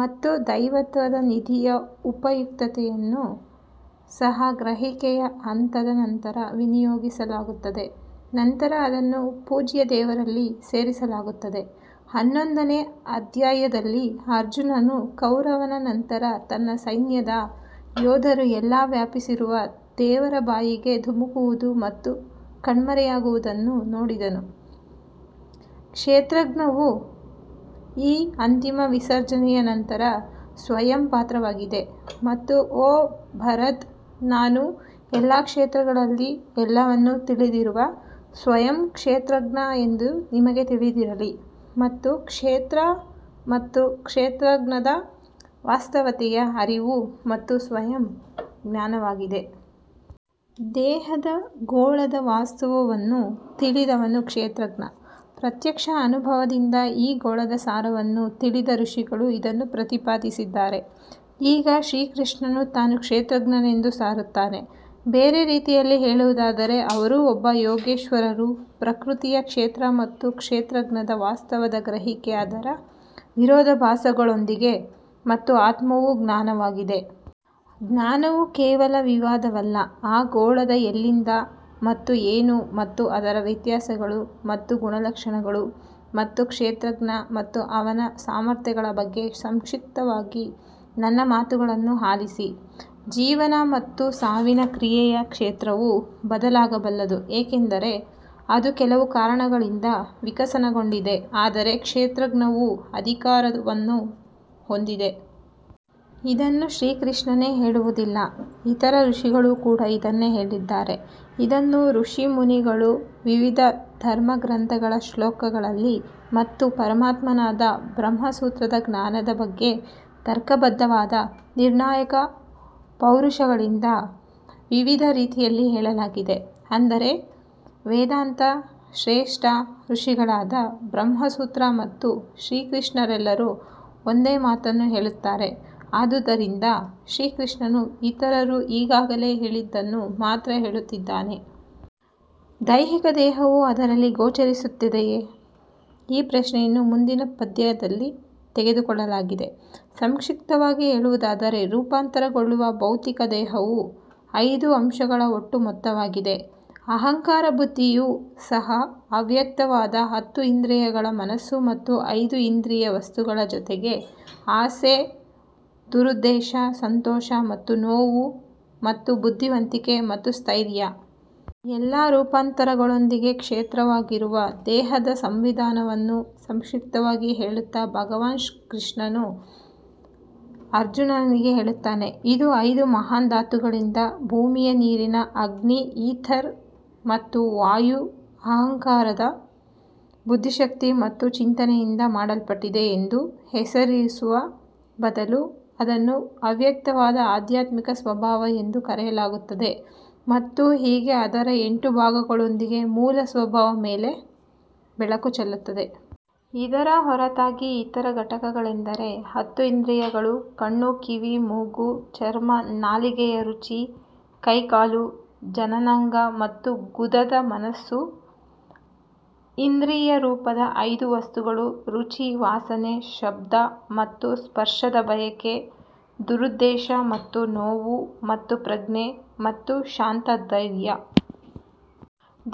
ಮತ್ತು ದೈವತ್ವದ ನಿಧಿಯ ಉಪಯುಕ್ತತೆಯನ್ನು ಸಹ ಗ್ರಹಿಕೆಯ ಹಂತದ ನಂತರ ವಿನಿಯೋಗಿಸಲಾಗುತ್ತದೆ ನಂತರ ಅದನ್ನು ಪೂಜ್ಯ ದೇವರಲ್ಲಿ ಸೇರಿಸಲಾಗುತ್ತದೆ. ಹನ್ನೊಂದನೇ ಅಧ್ಯಾಯದಲ್ಲಿ ಅರ್ಜುನನು ಕೌರವನ ನಂತರ ತನ್ನ ಸೈನ್ಯದ ಯೋಧರು ಎಲ್ಲಾ ವ್ಯಾಪಿಸಿರುವ ದೇವರ ಬಾಯಿಗೆ ಧುಮುಕುವುದು ಮತ್ತು ಕಣ್ಮರೆಯಾಗುವುದನ್ನು ನೋಡಿದನು. ಕ್ಷೇತ್ರಜ್ಞವು ಈ ಅಂತಿಮ ವಿಸರ್ಜನೆಯ ನಂತರ ಸ್ವಯಂ ಪಾತ್ರವಾಗಿದೆ ಮತ್ತು ಓ ಭರತ್ ನಾನು ಎಲ್ಲಾ ಕ್ಷೇತ್ರಗಳಲ್ಲಿ ಎಲ್ಲವನ್ನೂ ತಿಳಿದಿರುವ ಸ್ವಯಂ ಕ್ಷೇತ್ರಜ್ಞ ಎಂದು ನಿಮಗೆ ತಿಳಿದಿರಲಿ ಮತ್ತು ಕ್ಷೇತ್ರ ಮತ್ತು ಕ್ಷೇತ್ರಜ್ಞಾನದ ವಾಸ್ತವತೆಯ ಅರಿವು ಮತ್ತು ಸ್ವಯಂ ಜ್ಞಾನವಾಗಿದೆ. ದೇಹದ ಗೋಳದ ವಾಸ್ತವವನ್ನು ತಿಳಿದವನು ಕ್ಷೇತ್ರಜ್ಞ ಪ್ರತ್ಯಕ್ಷ ಅನುಭವದಿಂದ ಈ ಗೋಳದ ಸಾರವನ್ನು ತಿಳಿದ ಋಷಿಗಳು ಇದನ್ನು ಪ್ರತಿಪಾದಿಸಿದ್ದಾರೆ. ಈಗ ಶ್ರೀಕೃಷ್ಣನು ತಾನೂ ಕ್ಷೇತ್ರಜ್ಞನೆಂದು ಸಾರುತ್ತಾನೆ ಬೇರೆ ರೀತಿಯಲ್ಲಿ ಹೇಳುವುದಾದರೆ ಅವರೂ ಒಬ್ಬ ಯೋಗೇಶ್ವರರು ಪ್ರಕೃತಿಯ ಕ್ಷೇತ್ರ ಮತ್ತು ಕ್ಷೇತ್ರಜ್ಞದ ವಾಸ್ತವದ ಗ್ರಹಿಕೆ ಅದರ ವಿರೋಧಾಭಾಸಗಳೊಂದಿಗೆ ಮತ್ತು ಆತ್ಮವು ಜ್ಞಾನವಾಗಿದೆ. ಜ್ಞಾನವು ಕೇವಲ ವಿವಾದವಲ್ಲ ಆ ಗೋಳದ ಎಲ್ಲಿಂದ ಮತ್ತು ಏನು ಮತ್ತು ಅದರ ವ್ಯತ್ಯಾಸಗಳು ಮತ್ತು ಗುಣಲಕ್ಷಣಗಳು ಮತ್ತು ಕ್ಷೇತ್ರಜ್ಞ ಮತ್ತು ಅವನ ಸಾಮರ್ಥ್ಯಗಳ ಬಗ್ಗೆ ಸಂಕ್ಷಿಪ್ತವಾಗಿ ನನ್ನ ಮಾತುಗಳನ್ನು ಆಲಿಸಿ. ಜೀವನ ಮತ್ತು ಸಾವಿನ ಕ್ರಿಯೆಯ ಕ್ಷೇತ್ರವು ಬದಲಾಗಬಲ್ಲದು ಏಕೆಂದರೆ ಅದು ಕೆಲವು ಕಾರಣಗಳಿಂದ ವಿಕಸನಗೊಂಡಿದೆ ಆದರೆ ಕ್ಷೇತ್ರಜ್ಞವು ಅಧಿಕಾರವನ್ನು ಹೊಂದಿದೆ. ಇದನ್ನು ಶ್ರೀಕೃಷ್ಣನೇ ಹೇಳುವುದಿಲ್ಲ ಇತರ ಋಷಿಗಳು ಕೂಡ ಇದನ್ನೇ ಹೇಳಿದ್ದಾರೆ ಇದನ್ನು ಋಷಿಮುನಿಗಳು ವಿವಿಧ ಧರ್ಮಗ್ರಂಥಗಳ ಶ್ಲೋಕಗಳಲ್ಲಿ ಮತ್ತು ಪರಮಾತ್ಮನಾದ ಬ್ರಹ್ಮಸೂತ್ರದ ಜ್ಞಾನದ ಬಗ್ಗೆ ತರ್ಕಬದ್ಧವಾದ ನಿರ್ಣಾಯಕ ಪೌರುಷಗಳಿಂದ ವಿವಿಧ ರೀತಿಯಲ್ಲಿ ಹೇಳಲಾಗಿದೆ. ಅಂದರೆ ವೇದಾಂತ ಶ್ರೇಷ್ಠ ಋಷಿಗಳಾದ ಬ್ರಹ್ಮಸೂತ್ರ ಮತ್ತು ಶ್ರೀಕೃಷ್ಣನೆಲ್ಲರೂ ಒಂದೇ ಮಾತನ್ನು ಹೇಳುತ್ತಾರೆ ಆದುದರಿಂದ ಶ್ರೀಕೃಷ್ಣನು ಇತರರು ಈಗಾಗಲೇ ಹೇಳಿದ್ದನ್ನು ಮಾತ್ರ ಹೇಳುತ್ತಿದ್ದಾನೆ. ದೈಹಿಕ ದೇಹವು ಅದರಲ್ಲಿ ಗೋಚರಿಸುತ್ತದೆಯೇ ಈ ಪ್ರಶ್ನೆಯನ್ನು ಮುಂದಿನ ಪದ್ಯದಲ್ಲಿ ತೆಗೆದುಕೊಳ್ಳಲಾಗಿದೆ. ಸಂಕ್ಷಿಪ್ತವಾಗಿ ಹೇಳುವುದಾದರೆ ರೂಪಾಂತರಗೊಳ್ಳುವ ಭೌತಿಕ ದೇಹವು ಐದು ಅಂಶಗಳ ಒಟ್ಟು ಮೊತ್ತವಾಗಿದೆ ಅಹಂಕಾರ ಬುದ್ಧಿಯು ಸಹ ಅವ್ಯಕ್ತವಾದ ಹತ್ತು ಇಂದ್ರಿಯಗಳ ಮನಸ್ಸು ಮತ್ತು ಐದು ಇಂದ್ರಿಯ ವಸ್ತುಗಳ ಜೊತೆಗೆ ಆಸೆ ದುರುದ್ದೇಶ ಸಂತೋಷ ಮತ್ತು ನೋವು ಮತ್ತು ಬುದ್ಧಿವಂತಿಕೆ ಮತ್ತು ಸ್ಥೈರ್ಯ. ಎಲ್ಲಾ ರೂಪಾಂತರಗಳೊಂದಿಗೆ ಕ್ಷೇತ್ರವಾಗಿರುವ ದೇಹದ ಸಂವಿಧಾನವನ್ನು ಸಂಕ್ಷಿಪ್ತವಾಗಿ ಹೇಳುತ್ತಾ ಭಗವಾನ್ ಕೃಷ್ಣನು ಅರ್ಜುನನಿಗೆ ಹೇಳುತ್ತಾನೆ ಇದು ಐದು ಮಹಾನ್ ಧಾತುಗಳಿಂದ ಭೂಮಿಯ ನೀರಿನ ಅಗ್ನಿ ಈಥರ್ ಮತ್ತು ವಾಯು ಅಹಂಕಾರದ ಬುದ್ಧಿಶಕ್ತಿ ಮತ್ತು ಚಿಂತನೆಯಿಂದ ಮಾಡಲ್ಪಟ್ಟಿದೆ ಎಂದು ಹೆಸರಿಸುವ ಬದಲು ಅದನ್ನು ಅವ್ಯಕ್ತವಾದ ಆಧ್ಯಾತ್ಮಿಕ ಸ್ವಭಾವ ಎಂದು ಕರೆಯಲಾಗುತ್ತದೆ ಮತ್ತು ಹೀಗೆ ಅದರ ಎಂಟು ಭಾಗಗಳೊಂದಿಗೆ ಮೂಲ ಸ್ವಭಾವದ ಮೇಲೆ ಬೆಳಕು ಚೆಲ್ಲುತ್ತದೆ. ಇದರ ಹೊರತಾಗಿ ಇತರ ಘಟಕಗಳೆಂದರೆ ಹತ್ತು ಇಂದ್ರಿಯಗಳು ಕಣ್ಣು ಕಿವಿ ಮೂಗು ಚರ್ಮ ನಾಲಿಗೆಯ ರುಚಿ ಕೈ ಕಾಲು ಜನನಾಂಗ ಮತ್ತು ಗುದದ ಮನಸ್ಸು ಇಂದ್ರಿಯ ರೂಪದ ಐದು ವಸ್ತುಗಳು ರುಚಿ ವಾಸನೆ ಶಬ್ದ ಮತ್ತು ಸ್ಪರ್ಶದ ಬಯಕೆ ದುರುದ್ದೇಶ ಮತ್ತು ನೋವು ಮತ್ತು ಪ್ರಜ್ಞೆ ಮತ್ತು ಶಾಂತ ಧೈರ್ಯ.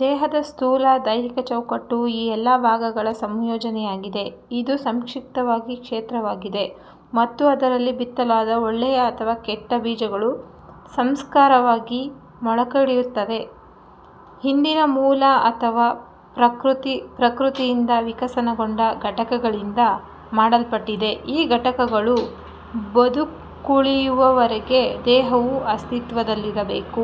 ದೇಹವು ಸ್ಥೂಲ ದೈಹಿಕ ಚೌಕಟ್ಟು ಈ ಎಲ್ಲಾ ಭಾಗಗಳ ಸಂಯೋಜನೆಯಾಗಿದೆ ಇದು ಸಂಕ್ಷಿಪ್ತವಾಗಿ ಕ್ಷೇತ್ರವಾಗಿದೆ ಮತ್ತು ಅದರಲ್ಲಿ ಬಿತ್ತಲಾದ ಒಳ್ಳೆಯ ಅಥವಾ ಕೆಟ್ಟ ಬೀಜಗಳು ಸಂಸ್ಕಾರವಾಗಿ ಮೊಳಕೆಯೊಡೆಯುತ್ತವೆ ಹಿಂದಿನ ಮೂಲ ಅಥವಾ ಪ್ರಕೃತಿ ಪ್ರಕೃತಿಯಿಂದ ವಿಕಸನಗೊಂಡ ಘಟಕಗಳಿಂದ ಮಾಡಲ್ಪಟ್ಟಿದೆ ಈ ಘಟಕಗಳು ಬದುಕುಳಿಯುವವರೆಗೆ ದೇಹವು ಅಸ್ತಿತ್ವದಲ್ಲಿರಬೇಕು.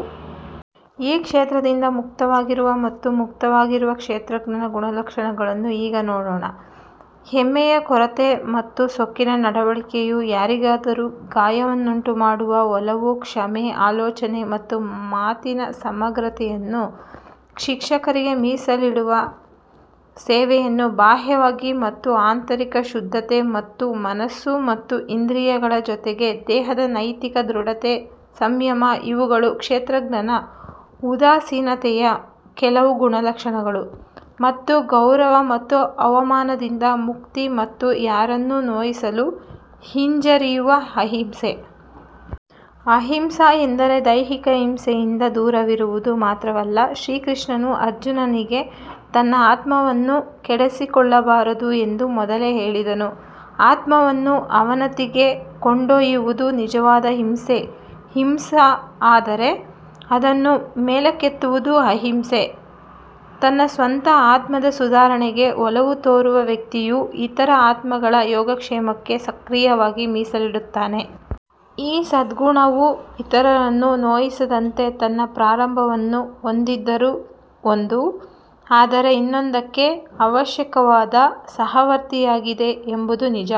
ಈ ಕ್ಷೇತ್ರದಿಂದ ಮುಕ್ತವಾಗಿರುವ ಮತ್ತು ಮುಕ್ತವಾಗಿರುವ ಕ್ಷೇತ್ರಜ್ಞನ ಗುಣಲಕ್ಷಣಗಳನ್ನು ಈಗ ನೋಡೋಣ. ಹೆಮ್ಮೆಯ ಕೊರತೆ ಮತ್ತು ಸೊಕ್ಕಿನ ನಡವಳಿಕೆಯು ಯಾರಿಗಾದರೂ ಗಾಯವನ್ನುಂಟುಮಾಡುವ ಒಲವು ಕ್ಷಮೆ ಆಲೋಚನೆ ಮತ್ತು ಮಾತಿನ ಸಮಗ್ರತೆಯನ್ನು ಶಿಕ್ಷಕರಿಗೆ ಮೀಸಲಿಡುವ ಸೇವೆಯನ್ನು ಬಾಹ್ಯವಾಗಿ ಮತ್ತು ಆಂತರಿಕ ಶುದ್ಧತೆ ಮತ್ತು ಮನಸ್ಸು ಮತ್ತು ಇಂದ್ರಿಯಗಳ ಜೊತೆಗೆ ದೇಹದ ನೈತಿಕ ದೃಢತೆ ಸಂಯಮ ಇವುಗಳು ಕ್ಷೇತ್ರಜ್ಞನ ಉದಾಸೀನತೆಯ ಕೆಲವು ಗುಣಲಕ್ಷಣಗಳು ಮತ್ತು ಗೌರವ ಮತ್ತು ಅವಮಾನದಿಂದ ಮುಕ್ತಿ ಮತ್ತು ಯಾರನ್ನೂ ನೋಯಿಸಲು ಹಿಂಜರಿಯುವ ಅಹಿಂಸೆ. ಅಹಿಂಸಾ ಎಂದರೆ ದೈಹಿಕ ಹಿಂಸೆಯಿಂದ ದೂರವಿರುವುದು ಮಾತ್ರವಲ್ಲ ಶ್ರೀಕೃಷ್ಣನು ಅರ್ಜುನನಿಗೆ ತನ್ನ ಆತ್ಮವನ್ನು ಕೆಡಿಸಿಕೊಳ್ಳಬಾರದು ಎಂದು ಮೊದಲೇ ಹೇಳಿದನು ಆತ್ಮವನ್ನು ಅವನತಿಗೆ ಕೊಂಡೊಯ್ಯುವುದು ನಿಜವಾದ ಹಿಂಸೆ ಹಿಂಸಾ ಆದರೆ ಅದನ್ನು ಮೇಲಕ್ಕೆತ್ತುವುದು ಅಹಿಂಸೆ. ತನ್ನ ಸ್ವಂತ ಆತ್ಮದ ಸುಧಾರಣೆಗೆ ಒಲವು ತೋರುವ ವ್ಯಕ್ತಿಯು ಇತರ ಆತ್ಮಗಳ ಯೋಗಕ್ಷೇಮಕ್ಕೆ ಸಕ್ರಿಯವಾಗಿ ಮೀಸಲಿಡುತ್ತಾನೆ. ಈ ಸದ್ಗುಣವು ಇತರರನ್ನು ನೋಯಿಸದಂತೆ ತನ್ನ ಪ್ರಾರಂಭವನ್ನು ಹೊಂದಿದ್ದರೂ ಒಂದು ಆದರೆ ಇನ್ನೊಂದಕ್ಕೆ ಅವಶ್ಯಕವಾದ ಸಹವರ್ತಿಯಾಗಿದೆ ಎಂಬುದು ನಿಜ.